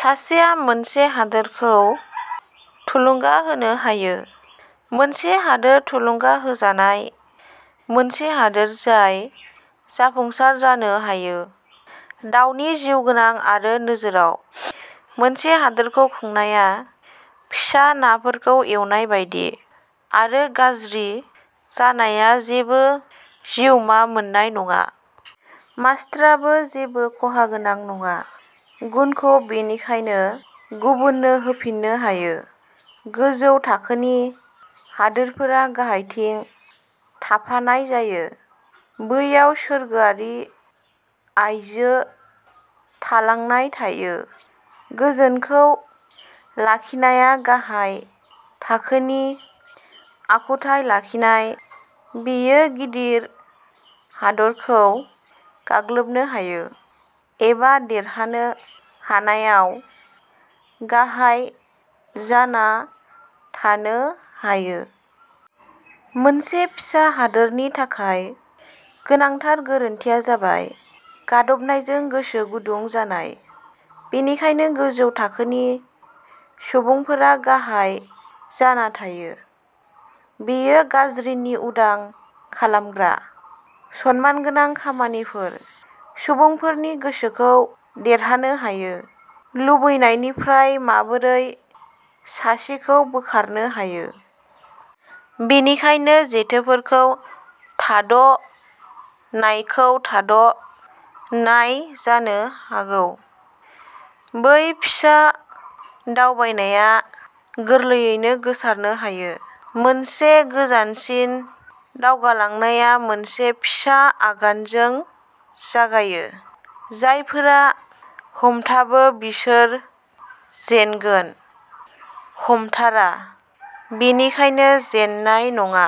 सासेया मोनसे हादोरखौ थुलुंगा होनो हायो। मोनसे हादोर थुलुंगा होजानाय, मोनसे हादोर जाय जाफुंसार जानो हायो। दावनि जिउगोनां आरो नोजोरआव। मोनसे हादोरखौ खुंनाया फिसा नाफोरखौ एवनाय बायदि। आरो गाज्रि जानाया जेबो जिउमा मोन्नाय नङा। मास्तराबो जेबो खहागोनां नङा। गुनखौ बेनिखायनो गुबुननो होफिननो हायो। गोजौ थाखोनि हादोरफोरा गाहायथिं थाफानाय जायो। बैयाव सोरगोआरि आइजो थालांनाय थायो। गोजोनखौ लाखिनाया गाहाय थाखोनि आखुथाय लाखिनाय। बेयो गिदिर हादोरखौ गाग्लोबनो हायो। एबा देरहानो हानायाव गाहाय जाना थानो हायो। मोनसे फिसा हादोरनि थाखाय गोनांथार गोरोन्थिआ जाबाय गादबनायजों गोसो गुदुं जानाय। बेनिखायनो गोजौ थाखोनि सुबुंफोरा गाहाय जाना थायो। बेयो गाज्रिनि उदां खालामग्रा। सनमानगोनां खामानिफोर। सुबुंफोरनि गोसोखौ देरहानो हायो। लुबैनायनिफ्राय माबोरै सासेखौ बोखारनो हायो? बेनिखायनो जेथोफोरखौ थाद "नायखौ थाद" नाय जानो हागौ। बै फिसा दावबायनाया गोरलैयैनो गोसारनो हायो। मोनसे गोजानसिम दावगालांनाया मोनसे फिसा आगानजों जागायो। जायफोरा हमथाबो बिसोर जेनगोन। हमथारा, बेनिखायनो जेननाय नङा।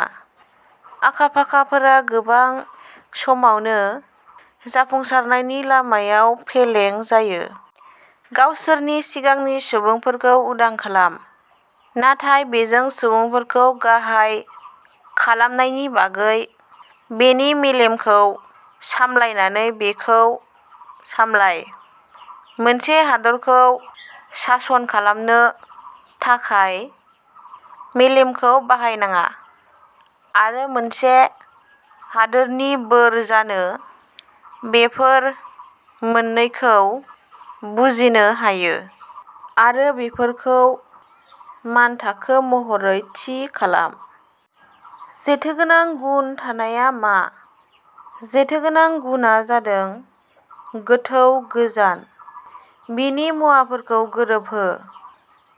आखा-फाखाफोरा गोबां समावनो जाफुंसारनायनि लामायाव फेलें जायो। गावसोरनि सिगांनि सुबुंफोरखौ उदां खालाम। नाथाय बेजों सुबुंफोरखौ गाहाय खालामनायनि बागै। बेनि मेलेमखौ सामलायनानै बेखौ सामलाय। मोनसे हादोरखौ सासन खालामनो थाखाय मेलेमखौ बाहायनाङा, आरो मोनसे हादोरनि बोर जानो। बेफोर मोननैखौ बुजिनो हायो, आरो बेफोरखौ मानथाखो महरै थि खालाम। जेथो गोनां गुन थानायआ मा। जेथो गोनां गुनआ जादों। गोथौ! गोजान! बिनि मुवाफोरखौ गोरोबहो!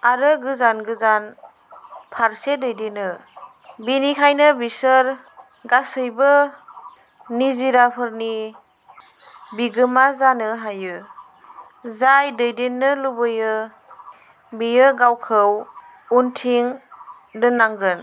आरो गोजोन गोजोन फारसे दैदेनो। बेनिखायनो बिसोर गासैबो निजिराफोरनि बिगोमा जानो हायो। जाय दैदेननो लुबैयो, बियो गावखौ उनथिं दोननांगोन।